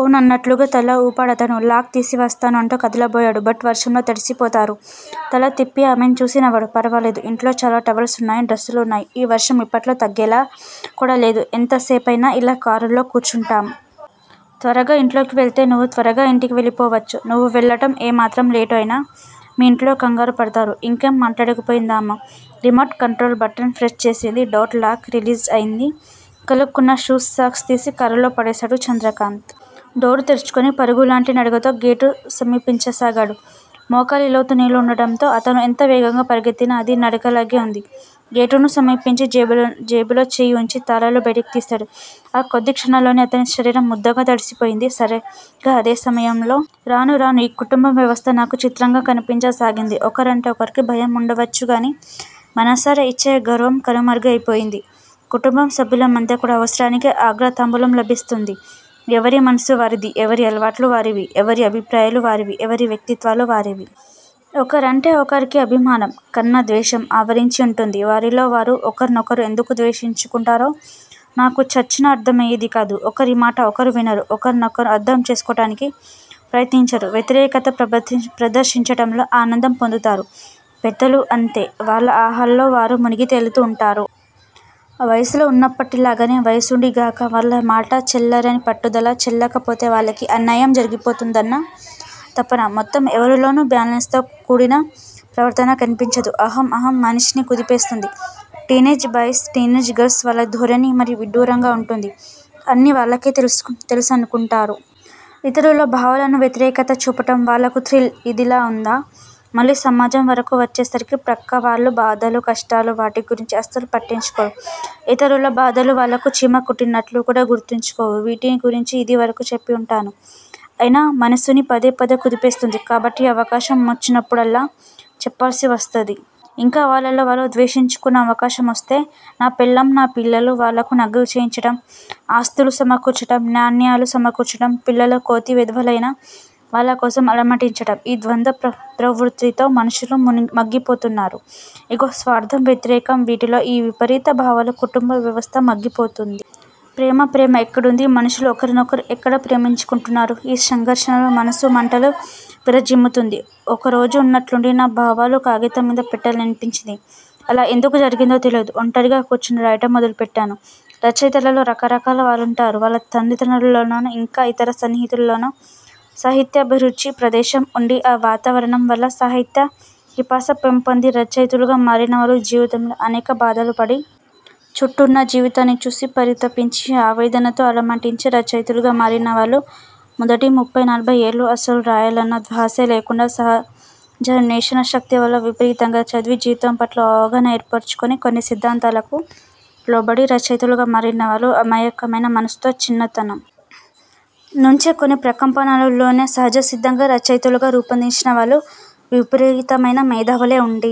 అవునన్నట్లుగా తల వూపాడతను. లాక్ తీసి వస్తాను అంటూ కదలబోయాడు. బట్ వర్షంలో తడిసిపోతారు. తల తిప్పి ఆమెను చూసి నవ్వాడు. ఫర్వాలేదు! ఇంట్లో చాలా టవల్స్ వున్నాయి. డ్రస్ లు వున్నాయి. ఈ వర్షం యిప్పట్లో తగ్గేలా కూడా లేదు. ఎంతసేపని యిలా కారులో కూర్చుంటాం? త్వరగా ఇంట్లోకి వెళితే నువ్వూ త్వరగా ఇంటికి వెళ్ళిపోవచ్చు. నువ్వు వెళ్ళటం ఏమాత్రం లేటు అయినా మీ ఇంట్లో కంగారుపడతారు. ఇంకేం మాట్లాడలేకపోయిందామె. రిమోట్ కంట్రోల్ బటన్ ప్రెస్ చేసింది. డోర్ లాక్ రిలీజ్ అయింది. కాళ్ళకున్న షూస్, సాక్స్ తీసి కారులో పడేశాడు చంద్రకాంత్. డోరు తెరుచుకుని పరుగులాంటి నడకతో గేటును సమీపించసాగాడు. మోకాలి లోతు నీళ్ళుండటంతో, అతను ఎంత వేగంగా పరిగెత్తినా అది నడకలాగే వుంది. గేటును సమీపించి జేబులో చేయి వుంచి తాళాలు బయటికి తీశాడు. ఆ కొద్ది క్షణాల్లోనే అతని శరీరం ముద్దగా తడిసిపోయింది. సరిగ్గా అదే సమయంలో। రాను రానూ ఈ కుటుంబ వ్యవస్థ నాకు చిత్రంగా కనిపించసాగింది. ఒకరంటే ఒకరికి భయం ఉండవచ్చుగానీ మనసారా ఇచ్చే గౌరవం కనుమరుగయిపోయింది. కుటుంబ సభ్యుల మధ్య కూడా అవసరానికే అగ్రతాంబూలం లభిస్తోంది. ఎవరి మనసు వారిది. ఎవరి అలవాట్లు వారివి. ఎవరి అభిప్రాయాలు వారివి. ఎవరి వ్యక్తిత్వాలు వారివి. ఒకరంటే ఒకరికి అభిమానం కన్న ద్వేషం ఆవరించి ఉంటుంది. వారిలో వారు ఒకర్నొకరు ఎందుకు ద్వేషించుకుంటారో నాకు చచ్చినా అర్థమయేది కాదు. ఒకరిమాట ఒకరు వినరు. ఒకర్నొకరు అర్థం చేసుకోటానికి ప్రయత్నించరు. వ్యతిరేకత ప్రదర్శించటంలో ఆనందం పొందుతారు. పెద్దలూ అంతే. వాళ్ళ అహాల్లో వారు మునిగి తేలుతూ ఉంటారు. వయసులో ఉన్నప్పటిలాగే వయసుడిగాక వాళ్ళమాట చెల్లాలని పట్టుదల, చెల్లకపోతే వాళ్ళకి అన్యాయం జరిగిపోతూందన్న తపన. మొత్తం ఎవరిలోనూ బ్యాలెన్స్ తో కూడిన ప్రవర్తన కనిపించదు. అహం. అహం మనిషిని కుదిపేస్తోంది. టీనేజ్ బాయస్, టీనేజ్ గరల్స్ వాళ్ళ ధోరణి మరీ విడ్డూరంగా ఉంటుంది. అన్నీ వాళ్ళకే తెలుసుననుకుంటారు. ఇతరుల భావాలకు వ్యతిరేకత చూపటం వాళ్ళకు థ్రిల్. ఇదిలా ఉందా? మళ్ళీ సమాజం వరకూ వచ్చేసరికి పక్కవాళ్ళ బాధలు, కష్టాలు వాటిని గురించి అసలు పట్టించుకోరు. ఇతరుల బాధలు వాళ్లకు చీమ కుట్టినట్లు కూడా గుచ్చుకోవు. వీటిని గురించి ఇది వరకు చెప్పి ఉంటాను. అయినా మనసుని పదే పదే కుదిపేస్తోంది కాబట్టి అవకాశం మొచ్చినప్పుడల్లా చెప్పాల్సివస్తోంది. ఇంకా వాళ్ళలో వాళ్ళు ద్వేషించుకున్నా అవకాశమొస్తే నా పెళ్ళాం, నా పిల్లలు. వాళ్లకు నగలు చేయించటం, ఆస్తులు సమకూర్చటం, నాణ్యాలు సమకూర్చటం పిల్లలు కోతి వెధవలైనా వాళ్లకోసం అలమటించటం ఈ ద్వంద ప్రవృత్తితో మనుషులు మగ్గిపోతున్నారు. యిగో, స్వార్థం వ్యతిరేకం వీటితో, ఈ విపరీత భావాలతో కుటుంబ వ్యవస్థ మగ్గిపోతోంది. ప్రేమ ప్రేమ ఎక్కడుంది. మనషులు ఒకరినొకరు ఎక్కడ ప్రేమించుకుంటున్నారు. ఈ సంఘర్షణలో మనసు మంటలు విరజిమ్ముతుంది. ఒకరోజు ఉన్నట్లుండి నా భావాలు కాగితం మీద పెట్టాలనిపించింది. అలా ఎందుకు జరిగిందో తెలీదు. ఒంటరిగా కూర్చుని రాయటం మొదలు పెట్టాను. రచయితలలో రకరకాల వాళ్లుంటారు. వాళ్ల తల్లిదండ్రులలోనో, ఇంకా ఇతర సన్నిహితులలోనో సాహిత్యాభిరుచి, ప్రవేశం ఉండి ఆ వాతావరణం వల్ల సాహిత్య పిపాస పెంపొంది రచయితలుగా మారినవాళ్ళు, జీవితంలో అనేక బాధలుపడి. చుట్టూ ఉన్న జీవితాన్ని చూసి పరితపించి ఆవేదనతో అలమటించి రచయితలుగా మారినవాళ్ళు, మొదటి ముప్ఫయి నలభయి ఏళ్లూ అసలు రాయాలన్న థ్యాసే లేకుండా, సహజాన్వేషణ శక్తివల్ల విపరీతంగా చదివి, జీవితంపట్ల ఓ అవగాహన ఏర్పరచుకుని, కొన్ని సిద్ధాంతాలకు లోబడి రచయితలుగా మారినవాళ్ళు, అమాయకమైన మనస్సుతో చిన్నతనం నుంచే కొన్ని ప్రకంపనలకు లోనై సహజసిద్ధంగా రచయితలుగా రూపొందినవాళ్ళు, విపరీతమైన మేదావులై ఉండి,